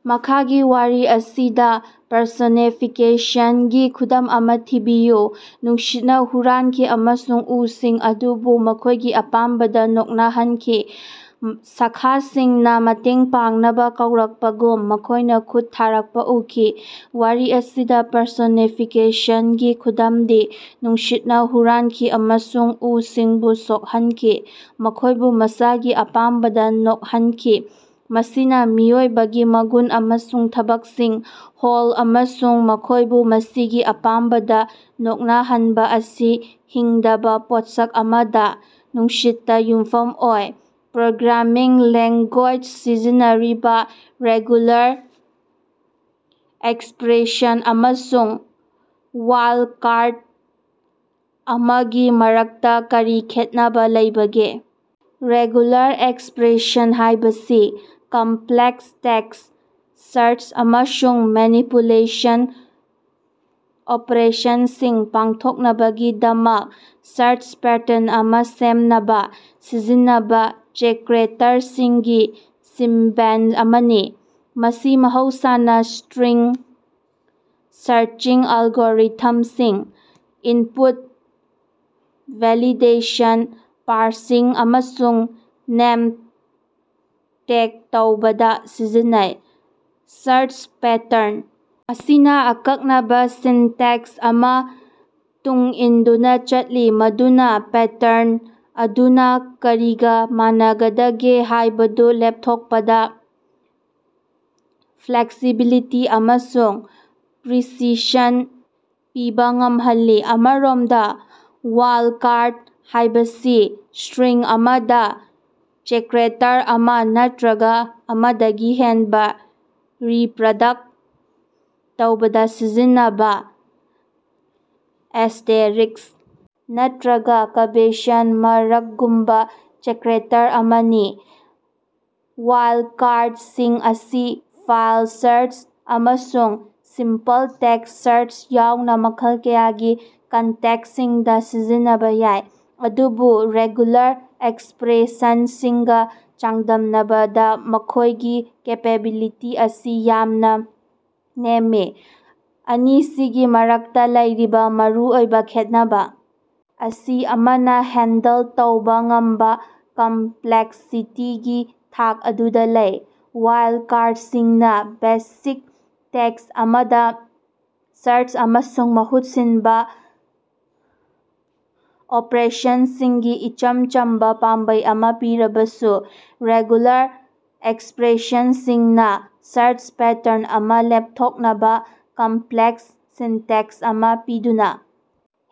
ꯃꯈꯥꯒꯤ ꯋꯥꯔꯤ ꯑꯁꯤꯗ ꯄꯔꯁꯣꯅꯤꯐꯤꯀꯦꯁꯟꯒꯤ ꯈꯨꯗꯝ ꯑꯃꯥ ꯊꯤꯕꯤꯌꯨ꯫ ꯅꯨꯡꯁꯤꯠꯅ ꯍꯨꯔꯥꯟꯈꯤ ꯑꯃꯁꯨꯡ ꯎꯁꯤꯡ ꯑꯗꯨꯕꯨ ꯃꯈꯣꯏꯒꯤ ꯑꯄꯥꯝꯕꯗ ꯅꯣꯛꯅꯍꯟꯈꯤ꯫ ꯁꯥꯈꯥꯁꯤꯡꯅꯥ ꯃꯇꯦꯡ ꯄꯥꯡꯅꯕ ꯀꯧꯔꯛꯄꯒꯨꯝ ꯃꯈꯣꯏꯅ ꯈꯨꯠ ꯊꯥꯔꯛꯄ ꯎꯈꯤ꯫ ꯋꯥꯔꯤ ꯑꯁꯤꯗ ꯄꯔꯁꯣꯅꯤꯐꯤꯀꯦꯁꯟꯒꯤ ꯈꯨꯗꯝꯗꯤ ꯅꯨꯡꯁꯤꯠꯅ ꯍꯨꯔꯥꯟꯈꯤ ꯑꯃꯁꯨꯡ ꯎꯁꯤꯡꯕꯨ ꯁꯣꯛꯍꯟꯈꯤ, ꯃꯈꯣꯏꯕꯨ ꯃꯁꯥꯒꯤ ꯑꯄꯥꯝꯕꯗꯥ ꯅꯣꯛꯍꯟꯈꯤ꯫ ꯃꯁꯤꯅꯥ ꯃꯤꯑꯣꯏꯕꯒꯤ ꯃꯒꯨꯟ ꯑꯃꯁꯨꯡ ꯊꯕꯛꯁꯤꯡ ꯍꯣꯜ ꯑꯃꯁꯨꯡ ꯃꯈꯣꯏꯕꯨ ꯃꯁꯤꯒꯤ ꯑꯄꯥꯝꯕꯗꯥ ꯅꯣꯛꯅꯍꯟꯕ ꯑꯁꯤ ꯍꯤꯡꯗꯕ ꯄꯣꯠꯁꯛ ꯑꯃꯗ, ꯅꯨꯡꯁꯤꯠꯇ ꯌꯨꯝꯐꯝ ꯑꯣꯏ꯫ ꯄ꯭ꯔꯣꯒ꯭ꯔꯥꯃꯤꯡ ꯂꯦꯉ꯭ꯒꯨꯌꯦꯖꯗ ꯁꯤꯖꯤꯟꯅꯔꯤꯕ ꯔꯦꯒꯨꯂꯥꯔ ꯑꯦꯛꯁꯄꯔꯦꯁꯟ ꯑꯃꯁꯨꯡ ꯋꯥꯏꯜꯠꯀꯥꯔꯗ ꯑꯃꯒꯤ ꯃꯔꯛꯇꯥ ꯀꯔꯤ ꯈꯦꯠꯅꯕꯥ ꯂꯩꯕꯒꯦ? ꯔꯦꯒꯨꯂꯥꯔ ꯑꯦꯛꯁꯄꯔꯦꯁꯟ ꯍꯥꯏꯕꯁꯤ ꯀꯝꯄꯂꯦꯛꯁ ꯇꯦꯛꯁ ꯁꯥꯔꯆ ꯑꯃꯁꯨꯡ ꯃꯦꯅꯤꯄꯨꯂꯦꯁꯟ ꯑꯣꯄꯔꯦꯁꯟꯁꯤꯡ ꯄꯥꯡꯊꯣꯛꯅꯕꯒꯤꯗꯃꯛ ꯁꯥꯔꯆ ꯄꯦꯇꯔꯟ ꯑꯃꯥ ꯁꯦꯝꯅꯕ ꯁꯤꯖꯤꯟꯅꯕ ꯆꯦꯀꯔꯦꯇꯔꯁꯤꯡꯒꯤ ꯁꯤꯛꯕꯦꯟꯁ ꯑꯃꯅꯤ꯫ ꯃꯁꯤ ꯃꯍꯧꯁꯥꯅ ꯁ꯭ꯇꯔꯤꯡ ꯁꯥꯔꯆꯤꯡ ꯑꯦꯜꯒꯣꯔꯤꯊꯝꯁꯤꯡ, ꯏꯟꯄꯨꯠ ꯚꯦꯂꯤꯗꯦꯁꯟ, ꯄꯥꯔꯁꯤꯡ, ꯑꯃꯁꯨꯡ ꯅꯦꯝ ꯇꯦꯒ ꯇꯧꯕꯗ ꯁꯤꯖꯤꯟꯅꯩ꯫ ꯁꯥꯔꯆ ꯄꯦꯇꯔꯟ ꯑꯁꯤꯅ ꯑꯀꯛꯅꯕ ꯁꯤꯟꯇꯦꯛꯁ ꯑꯃꯥ ꯇꯨꯡ ꯏꯟꯗꯨꯅ ꯆꯠꯂꯤ ꯃꯗꯨꯅꯥ ꯄꯦꯇꯔꯟ ꯑꯗꯨꯅꯥ ꯀꯔꯤꯒꯥ ꯃꯥꯟꯅꯒꯗꯒꯦ ꯍꯥꯏꯕꯗꯨ ꯂꯦꯞꯊꯣꯛꯄꯗ ꯐ꯭ꯂꯦꯛꯁꯤꯕꯤꯂꯤꯇꯤ ꯑꯃꯁꯨꯡ ꯄ꯭ꯔꯤꯁꯤꯁꯟ ꯄꯤꯕ ꯉꯝꯍꯜꯂꯤ꯫ ꯑꯃꯔꯣꯝꯗ, ꯋꯥꯏꯜꯗꯀꯥꯔꯗ ꯍꯥꯏꯕꯁꯤ ꯁ꯭ꯇꯔꯤꯡ ꯑꯃꯗ ꯆꯦꯀꯔꯦꯇꯔ ꯑꯃꯥ ꯅꯠꯇꯔꯒ ꯑꯃꯗꯒꯤ ꯍꯦꯟꯕ ꯔꯤꯄꯔꯗꯛ ꯇꯧꯕꯗ ꯁꯤꯖꯤꯟꯅꯕ ꯑꯦꯁ꯭ꯇꯦꯔꯤꯁ ꯅꯠꯇꯔꯒ ꯀ꯭ꯕꯦꯁꯟ ꯃꯥꯔꯛꯒꯨꯝꯕ ꯆꯦꯀꯔꯦꯇꯔ ꯑꯃꯅꯤ꯫ ꯋꯥꯏꯜꯗꯀꯥꯔꯗꯁꯤꯡ ꯑꯁꯤ ꯐꯥꯏꯜ ꯁꯥꯔꯆ ꯑꯃꯁꯨꯡ ꯁꯤꯝꯄꯜ ꯇꯦꯛꯁ ꯁꯥꯔꯆ ꯌꯥꯎꯅ ꯃꯈꯜ ꯀꯌꯥꯒꯤ ꯀꯟꯇꯦꯛꯁꯁꯤꯡꯗ ꯁꯤꯖꯤꯟꯅꯕ ꯌꯥꯏ, ꯑꯗꯨꯕꯨ ꯔꯦꯒꯨꯂꯥꯔ ꯑꯦꯛꯁꯄꯔꯦꯁꯟꯁꯤꯡꯒ ꯆꯥꯡꯗꯝꯅꯕꯗ ꯃꯈꯣꯏꯒꯤ ꯀꯦꯄꯦꯕꯤꯂꯤꯇꯤ ꯑꯁꯤ ꯌꯥꯝꯅꯥ ꯅꯦꯝꯃꯤ꯫ ꯑꯅꯤꯁꯤꯒꯤ ꯃꯔꯛꯇ ꯂꯩꯔꯤꯕ ꯃꯔꯨꯑꯣꯏꯕ ꯈꯦꯠꯅꯕ ꯑꯁꯤ ꯑꯃꯅꯥ ꯍꯦꯟꯗꯜ ꯇꯧꯕ ꯉꯝꯕꯥ ꯀꯝꯄꯂꯦꯛꯁꯤꯇꯤꯒꯤ ꯊꯥꯛ ꯑꯗꯨꯗ ꯂꯩ꯫ ꯋꯥꯏꯜꯗꯀꯥꯔꯗꯁꯤꯡꯅ ꯕꯦꯁꯤꯛ ꯇꯦꯛꯁ ꯑꯃꯗ ꯁꯥꯔꯆ ꯑꯃꯁꯨꯡ ꯃꯍꯨꯠ ꯁꯤꯟꯕ ꯑꯣꯄꯔꯦꯁꯟꯁꯤꯡꯒꯤ ꯏꯆꯝ ꯆꯝꯕ ꯄꯥꯝꯕꯩ ꯑꯃꯥ ꯄꯤꯔꯕꯁꯨ, ꯔꯦꯒꯨꯂꯥꯔ ꯑꯦꯛꯁꯄꯔꯦꯁꯟꯁꯤꯡꯅ ꯁꯥꯔꯆ ꯄꯦꯇꯔꯟ ꯑꯃ ꯂꯦꯞꯊꯣꯛꯅꯕ ꯀꯝꯄꯂꯦꯛꯁ ꯁꯤꯟꯇꯦꯛꯁ ꯑꯃꯥ ꯄꯤꯗꯨꯅ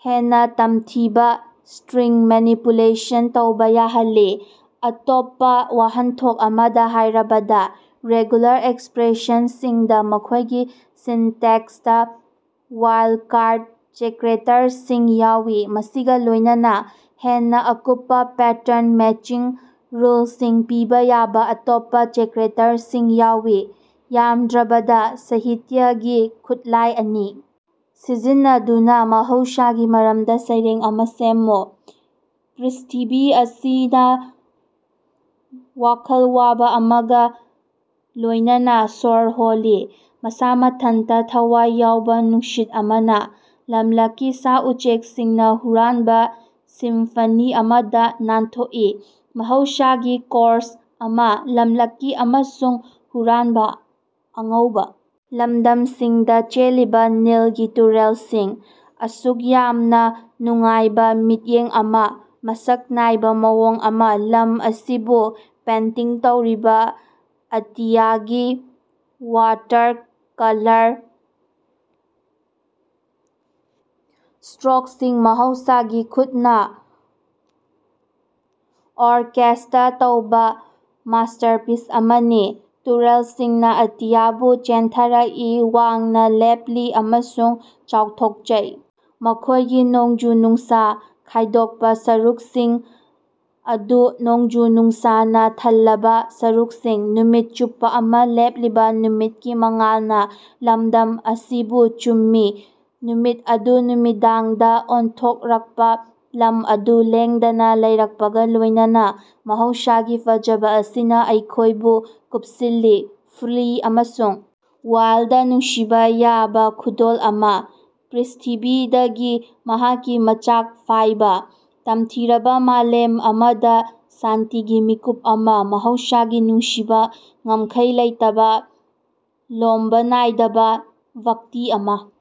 ꯍꯦꯟꯅ ꯇꯝꯊꯤꯕꯥ ꯁ꯭ꯇꯔꯤꯡ ꯃꯦꯅꯤꯄꯨꯂꯦꯁꯟ ꯇꯧꯕ ꯌꯥꯍꯜꯂꯤ꯫ ꯑꯇꯣꯞꯄ ꯋꯥꯍꯟꯊꯣꯛ ꯑꯃꯗ ꯍꯥꯏꯔꯕꯗ, ꯔꯦꯒꯨꯂꯥꯔ ꯑꯦꯛꯁꯄꯔꯦꯁꯟꯁꯤꯡꯗ ꯃꯈꯣꯏꯒꯤ ꯁꯤꯟꯇꯦꯛꯁꯇ ꯋꯥꯏꯜꯠꯀꯥꯔꯗ ꯆꯦꯀꯔꯦꯇꯔꯁꯤꯡ ꯌꯥꯎꯏ, ꯃꯁꯤꯒ ꯂꯣꯏꯅꯅꯥ ꯍꯦꯟꯅ ꯑꯀꯨꯞꯄ ꯄꯦꯇꯔꯟ ꯃꯦꯆꯤꯡ ꯔꯨꯜꯁꯤꯡ ꯄꯤꯕ ꯌꯥꯕ ꯑꯇꯣꯞꯄ ꯆꯦꯀꯔꯦꯇꯔꯁꯤꯡ ꯌꯥꯎꯏ꯫ ꯌꯥꯝꯗ꯭ꯔꯕꯗ ꯁꯥꯍꯤꯇ꯭ꯌꯥꯒꯤ ꯈꯨꯠꯂꯥꯏ ꯑꯅꯤ ꯁꯤꯖꯤꯟꯅꯗꯨꯅ ꯃꯍꯧꯁꯥꯒꯤ ꯃꯔꯝꯗ ꯁꯩꯔꯦꯡ ꯑꯃꯥ ꯁꯦꯝꯃꯨ꯫ ꯄ꯭ꯔ꯭ꯏꯊꯤꯕꯤ ꯑꯁꯤꯗ ꯋꯥꯈꯜ ꯋꯥꯕ ꯑꯃꯒ ꯂꯣꯏꯅꯅꯥ ꯁ꯭ꯋꯔ ꯍꯣꯜꯂꯤ ꯃꯁꯥ ꯃꯊꯟꯇꯥ ꯊꯋꯥꯏ ꯌꯥꯎꯕ ꯅꯨꯡꯁꯤꯠ ꯑꯃꯅꯥ, ꯂꯝꯂꯛꯀꯤ ꯁꯥ-ꯎꯆꯦꯛꯁꯤꯡꯅ ꯍꯨꯔꯥꯟꯕ ꯁꯤꯝꯐꯅꯤ ꯑꯃꯗꯥ ꯅꯥꯟꯊꯣꯛꯏ, ꯃꯍꯧꯁꯥꯒꯤ ꯀꯣꯔꯁ ꯑꯃꯥ, ꯂꯝꯂꯛꯀꯤ ꯑꯃꯁꯨꯡ ꯍꯨꯔꯥꯟꯕꯥ꯫ ꯑꯉꯧꯕ ꯂꯝꯗꯝꯁꯤꯡꯗ ꯆꯦꯜꯂꯤꯕ ꯅꯤꯜꯒꯤ ꯇꯨꯔꯦꯜꯁꯤꯡ, ꯑꯁꯨꯛ ꯌꯥꯝꯅꯥ ꯅꯨꯡꯉꯥꯏꯕ ꯃꯤꯠꯌꯦꯡ ꯑꯃꯥ, ꯃꯁꯛ ꯅꯥꯏꯕ ꯃꯑꯣꯡ ꯑꯃꯥ; ꯂꯝ ꯑꯁꯤꯕꯨ ꯄꯦꯟꯇꯤꯡ ꯇꯧꯔꯤꯕ ꯑꯇꯤꯌꯥꯒꯤ ꯋꯥꯇꯔꯀꯂꯔ ꯁ꯭ꯇꯔꯣꯛꯁꯤꯡ ꯃꯍꯧꯁꯥꯒꯤ ꯈꯨꯠꯅ ꯑꯣꯔꯀꯦꯁ꯭ꯠ ꯇꯧꯕꯥ ꯃꯥꯁ꯭ꯇꯔꯄꯤꯁ ꯑꯃꯅꯤ꯫ ꯇꯨꯔꯦꯜꯁꯤꯡꯅ ꯑꯇꯤꯌꯥꯕꯨ ꯆꯦꯟꯊꯔꯛꯏ, ꯋꯥꯡꯅ ꯂꯦꯞꯂꯤ ꯑꯃꯁꯨꯡ ꯆꯥꯎꯊꯣꯛꯆꯩ, ꯃꯈꯣꯏꯒꯤ ꯅꯣꯡꯖꯨ-ꯅꯨꯡꯁꯥ ꯈꯥꯏꯗꯣꯛꯄ ꯁꯔꯨꯛꯁꯤꯡ ꯑꯗꯨ ꯅꯣꯡꯖꯨ-ꯅꯨꯡꯁꯥꯅ ꯊꯜꯂꯕ ꯁꯔꯨꯛꯁꯤꯡ꯫ ꯅꯨꯃꯤꯠ ꯆꯨꯞꯄ ꯑꯃꯥ ꯂꯦꯞꯂꯤꯕ ꯅꯨꯃꯤꯠꯀꯤ ꯃꯉꯥꯜꯅ ꯂꯝꯗꯝ ꯑꯁꯤꯕꯨ ꯆꯨꯝꯃꯤ, ꯅꯨꯃꯤꯠ ꯑꯗꯨ ꯅꯨꯃꯤꯗꯥꯡꯗ ꯑꯣꯟꯊꯣꯛꯂꯒ ꯂꯝ ꯑꯗꯨ ꯂꯦꯡꯗꯅꯥ ꯂꯩꯔꯛꯄꯒ ꯂꯣꯏꯅꯅꯥ꯫ ꯃꯍꯧꯁꯥꯒꯤ ꯐꯖꯕꯥ ꯑꯁꯤꯅ ꯑꯩꯈꯣꯏꯕꯨ ꯀꯨꯞꯁꯤꯜꯂꯤ, ꯐ꯭ꯔꯤ ꯑꯃꯁꯨꯡ ꯋꯥꯏꯜꯗ ꯅꯨꯡꯁꯤꯕꯥ ꯌꯥꯕꯥ ꯈꯨꯗꯣꯜ ꯑꯃꯥ, ꯄ꯭ꯔ꯭ꯏꯊꯤꯕꯤꯗꯒꯤ ꯃꯍꯥꯛꯀꯤ ꯃꯆꯥ ꯐꯥꯏꯕ꯫ ꯇꯝꯊꯤꯔꯕ ꯃꯥꯂꯦꯝ ꯑꯃꯗ ꯁꯥꯟꯇꯤꯒꯤ ꯃꯤꯀꯨꯞ ꯑꯃꯥ, ꯃꯍꯧꯁꯥꯒꯤ ꯅꯨꯡꯁꯤꯕꯥ, ꯉꯝꯈꯩ ꯂꯩꯇꯕꯥ, ꯂꯣꯝꯕꯥ ꯅꯥꯏꯗꯕ ꯚꯛꯇꯤ ꯑꯃꯥ꯫